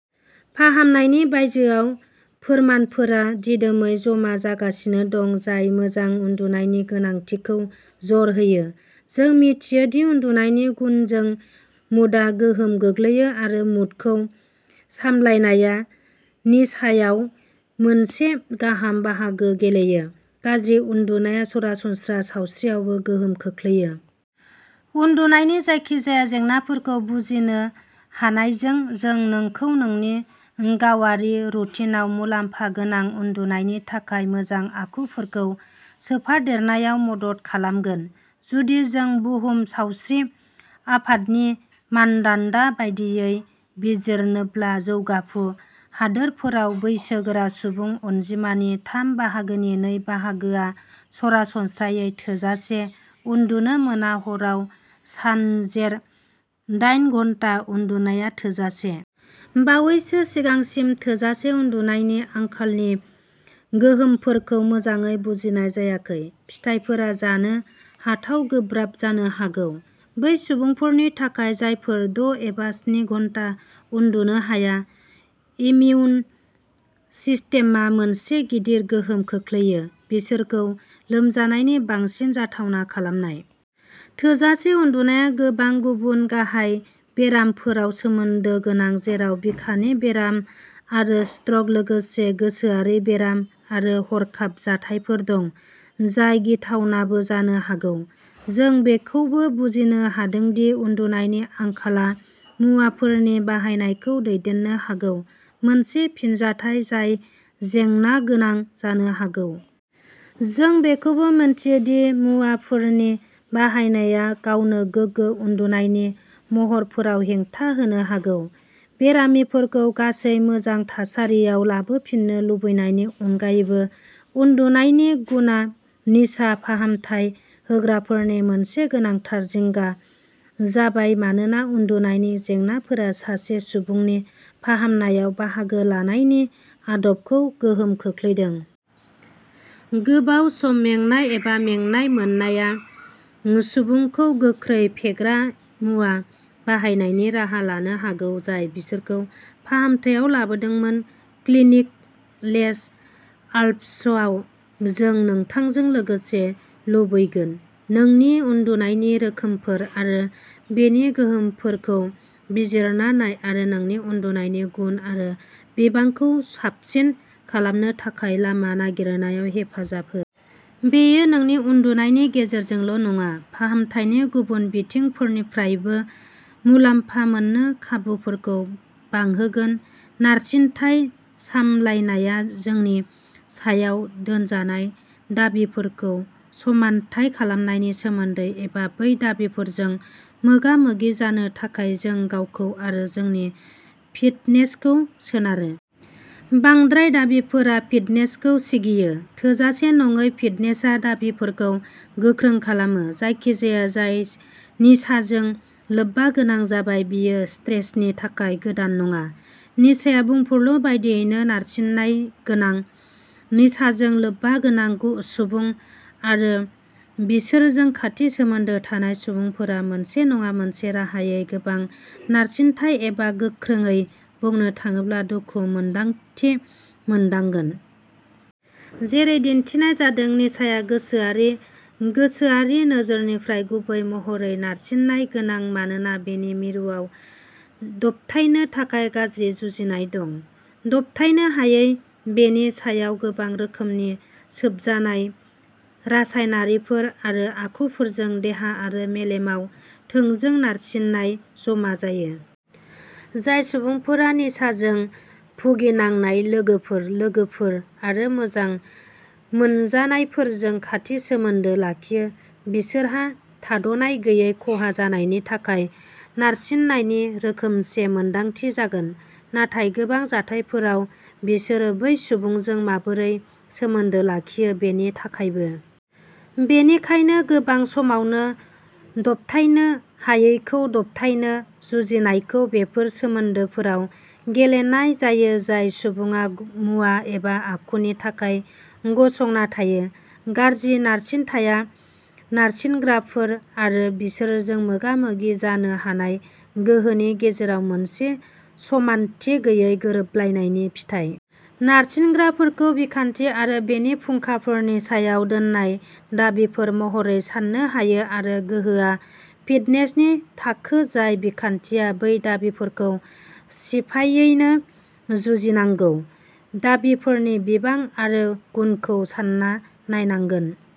फाहामनायनि बायजोआव। फोरमानफोरा दिदोमै जमा जागासिनो दं जाय मोजां उन्दुनायनि गोनांथिखौ जर होयो। जों मिथियो दि उन्दुनायनि गुनजों मुडआ गोहोम गोग्लैयो आरो मुडखौ सामलायनाया निसायाव मोनसे गाहाय बाहागो गेलेयो। गाज्रि उन्दुनाया सरासनस्रा सावस्रियावबो गोहोम खोख्लैयो। उन्दुनायनि जायखिजाया जेंनाफोरखौ बुजिनो हानायजों, जों नोंखौ नोंनि गावारि रुटिनआव मुलाम्फा गोनां, उन्दुनायनि थाखाय मोजां आखुफोरखौ सोफादेरनायाव मदद खालामगोन। जुदि जों बुहुम सावस्रि आफादनि मानदान्दा बायदियै बिजिरनोब्ला, जौगाफु हादोरफोराव बैसोगोरा सुबुं अनजिमानि थाम बाहागोनि नै बाहागोआ सरासनस्रायै थोजासे उन्दुनो मोना हराव सानजेर दाइन घन्टा उन्दुनाया थोजासे। बावैसो सिगांसिम थोजासे उन्दुनायनि आंखालनि गोहोमफोरखौ मोजाङै बुजिनाय जायाखै। फिथायफोरा जानो हाथाव गोब्राब जानो हागौ। बै सुबुंफोरनि थाखाय जायफोरा द' एबा स्नि घन्टा उन्दुनो हाया, इमिउन सिस्टेमआ मोनसे गिदिर गोहोम खोख्लैयो। बिसोरखौ लोमजानायनि बांसिन जाथावना खालामनाय। थोजासे उन्दुनाया गोबां गुबुन गाहाय बेरामफोराव सोमोन्दो गोनां, जेराव बिखानि बेराम आरो स्ट्रक लोगोसे गोसोआरि बेराम आरो हरखाब जाथायफोर दं, जाय गिथावनाबो जानो हागौ। जों बेखौबो बुजिनो हादों दि उन्दुनायनि आंखालआ मुवाफोरनि बाहायनायखौ दैदेननो हागौ, मोनसे फिनजाथाय जाय जेंनागोनां जानो हागौ। जों बेखौबो मिन्थियो दि मुवाफोरनि बाहायनाया गावनो गोगो उन्दुनायनि महरफोराव हेंथा होनो हागौ। बेरामिफोरखौ गासै मोजां थासारियाव लाबोफिननो लुबैनायनि अनगायैबो, उन्दुनायनि गुनआ निसा फाहामथाय होग्राफोरनि मोनसे गोनांथार जिंगा जाबाय मानोना उन्दुनायनि जेंनाफोरा सासे सुबुंनि फाहामनायाव बाहागो लानायनि आदबखौ गोहोम खोख्लैदों। गोबाव सम मेंनाय एबा मेंनाय मोननाया सुबुंखौ गोख्रै फेग्रा मुवा बाहायनायनि राहा लानो हागौ जाय बिसोरखौ फाहामथायाव लाबोदोंमोन। क्लिनिक लेस आल्प्सआव जों नोंथांजों लोगोसे लुबैगोन। नोंनि उन्दुनायनि रोखोमफोर आरो बेनि गोहोमफोरखौ बिजिरना नाय आरो नोंनि उन्दुनायनि गुन आरो बिबांखौ साबसिन खालामनो थाखाय लामा नागिरनायाव हेफाजाब हो। बेयो नोंनि उन्दुनायनि गेजेरजोंल' नङा, फाहामथायनि गुबुन बिथिंफोरनिफ्रायबो मुलाम्फा मोननो खाबुफोरखौ बांहोगोन। नारसिनथाय सामलायनाया जोंनि सायाव दोनजानाय दाबिफोरखौ समानथाय खालामनायनि सोमोन्दै एबा बै दाबिफोरजों मोगा-मोगि जानो थाखाय जों गावखौ आरो जोंनि फिटनेसखौ सोनारो। बांद्राय दाबिफोरा फिटनेसखौ सिगियो। थोजासे नङै फिटनेसआ दाबिफोरखौ गोख्रों खालामो। जायखिजाया जाय निसाजों लोब्बागोनां जाबाय, बियो स्ट्रेसनि थाखाय गोदान नङा। निसाया बुंफुरलु बायदियैनो नारसिननाय गोनां। निसाजों लोब्बागोनां सुबुं आरो बिसोरजों खाथि सोमोन्दो थानाय सुबुंफोरा मोनसे नङा मोनसे राहायै गोबां नारसिनथाय-एबा गोख्रोङै बुंनो थाङोब्ला, दुखु-मोन्दांथि मोनदांगोन। जेरै दिनथिनाय जादों, निसाया गोसोआरि-गोसोआरि नोजोरनिफ्राय गुबै महरै नारसिननाय गोनां मानोना बेनि मिरुआव दबथायनो थाखाय गाज्रि जुजिनाय दं। दबथायनो हायै। बेनि सायाव गोबां रोखोमनि सोबजानाय रासायनारिफोर आरो आखुफोरजों देहा आरो मेलेमाव थोंजों नारसिननाय जमा जायो। जाय सुबुंफोरा निसाजों भुगिनांनाय लोगोफोर, लोगोफोर आरो मोजां मोनजानायफोरजों खाथि सोमोन्दो लाखियो, बिसोरहा थादनाय गैयै खहा जानायनि थाखाय नारसिननायनि रोखोमसे मोन्दांथि जागोन, नाथाय गोबां जाथायफोराव बिसोर बै सुबुंजों माबोरै सोमोन्दो लाखियो बेनि थाखायबो। बेनिखायनो गोबां समावनो दबथायनो हायैखौ दबथायनो जुजिनायखौ बेफोर सोमोन्दोफोराव गेलेनाय जायो जाय सुबुङा मुवा एबा आखुनि थाखाय गसंना थायो। गाज्रि नारसिनथाया नारसिनग्राफोर आरो बिसोरजों मोगा-मोगि जानो हानाय गोहोनि गेजेराव मोनसे समानथि गैयै गोरोबलायनायनि फिथाय। नारसिनग्राफोरखौ बिखान्थि आरो बेनि फुंखाफोरनि सायाव दोननाय दाबिफोर महरै साननो हायो आरो गोहोआ फिटनेसनि थाखो जाय बिखान्थिया बै दाबिफोरखौ सिफायैनो जुजिनांगौ। दाबिफोरनि बिबां आरो गुनखौ सान्ना नायनांगोन।